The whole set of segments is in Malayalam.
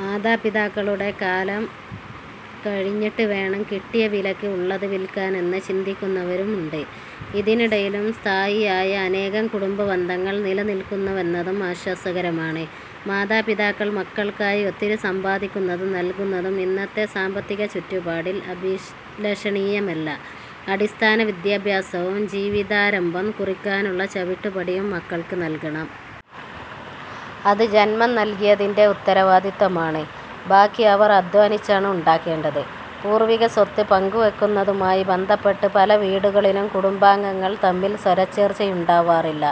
മാതാപിതാക്കളുടെ കാലം കഴിഞ്ഞിട്ട് വേണം കിട്ടിയ വിലയ്ക്ക് ഉള്ളത് വിൽക്കാൻ എന്ന് ചിന്തിക്കുന്നവരും ഉണ്ട്. ഇതിനിടയിലും സ്ഥായിയായ അനേകം കുടുംബ ബന്ധങ്ങൾ നിലനിൽക്കുന്നുവെന്നതും ആശ്വാസകരമാണ്. മാതാപിതാക്കൾ മക്കൾക്കായി ഒത്തിരി സമ്പാദിക്കുന്നതും നൽകുന്നതും ഇന്നത്തെ സാമ്പത്തിക ചുറ്റുപാടിൽ അഭിലഷണീയമല്ല. അടിസ്ഥാന വിദ്യാഭ്യാസവും ജീവിതാരംഭം കുറിക്കാനുള്ള ചവിട്ടുപടിയും മക്കൾക്ക് നൽകണം. അത് ജന്മം നൽകിയതിന്റെ ഉത്തരവാദിത്വമാണ്. ബാക്കി അവർ അദ്ധ്വാനിച്ചാണ് ഉണ്ടാക്കേണ്ടത്. പൂർവികസ്വത്ത് പങ്കുവയ്ക്കുന്നതുമായി ബന്ധപ്പെട്ട് പല വീടുകളിലും കുടുംബാംഗങ്ങൾ തമ്മിൽ സ്വരച്ചേർച്ചയുണ്ടാവാറില്ല.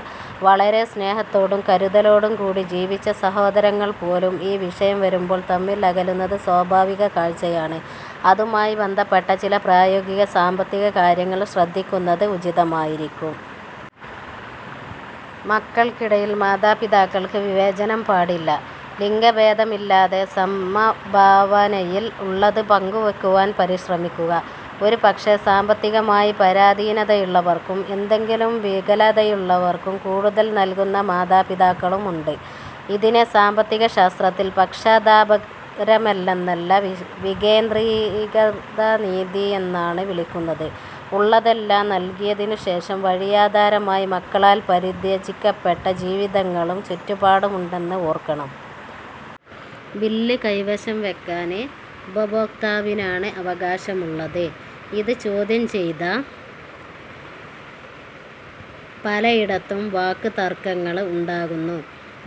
വളരെ സ്നേഹത്തോടും കരുതലോടും കൂടി ജീവിച്ച സഹോദരങ്ങൾ പോലും ഈ വിഷയം വരുമ്പോൾ തമ്മിൽ അകലുന്നത് സ്വാഭാവിക കാഴ്ചയാണ്. അതുമായി ബന്ധപ്പെട്ട ചില പ്രായോഗിക സാമ്പത്തിക കാര്യങ്ങൾ ശ്രദ്ധിക്കുന്നത് ഉചിതമായിരിക്കും. മക്കൾക്കിടയിൽ മാതാപിതാക്കൾക്ക് വിവേചനം പാടില്ല. ലിംഗഭേദമില്ലാതെ സമഭാവനയിൽ ഉള്ളത് പങ്കുവയ്ക്കുവാൻ പരിശ്രമിക്കുക. ഒരുപക്ഷേ സാമ്പത്തികമായി പരാധീനതയുള്ളവർക്കും എന്തെങ്കിലും വികലതയുള്ളവർക്കും കൂടുതൽ നൽകുന്ന മാതാപിതാക്കളും ഉണ്ട്. ഇതിനെ സാമ്പത്തിക ശാസ്ത്രത്തിൽ പക്ഷപാതപരമെന്നല്ല വികേന്ദ്രീകൃത നീതിയെന്നാണ് വിളിക്കുന്നത്. ഉള്ളതെല്ലാം നൽകിയതിനുശേഷം വഴിയാധാരമായി മക്കളാൽ പരിത്യജിക്കപ്പെട്ട ജീവിതങ്ങളും ചുറ്റുപാടുമുണ്ടെന്ന് ഓർക്കണം. ബില്ല് കൈവശംവെയ്ക്കാന് ഉപഭോക്താവിനാണ് അവകാശമുള്ളത്. ഇത് ചോദ്യം ചെയ്ത പലയിടത്തും വാക്ക്തര്ക്കങ്ങള് ഉണ്ടാകുന്നു.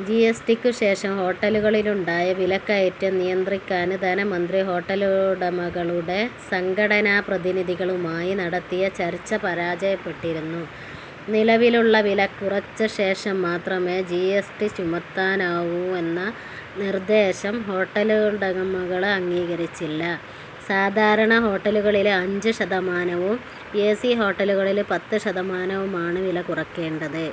ജിഎസ്ടിക്കുശേഷം ഹോട്ടലുകളിലുണ്ടായ വിലക്കയറ്റം നിയന്ത്രിക്കാന് ധനമന്ത്രി ഹോട്ടലുടമകളുടെ സംഘടനാപ്രതിനിധികളുമായി നടത്തിയ ചര്ച്ച പരാജയപ്പെട്ടിരുന്നു. നിലവിലുള്ള വിലകുറച്ചശേഷംമാത്രമെ ജിഎസ്ടി ചുമത്താവൂയെന്ന നിര്ദേശം ഹോട്ടലുടമകള് അംഗീകരിച്ചില്ല. സാധാരണ ഹോട്ടലുകളില് അഞ്ച് ശതമാനവും എസി ഹോട്ടലുകളില് പത്ത് ശതമാനവുമാണ് വിലകുറയ്ക്കേണ്ടത്.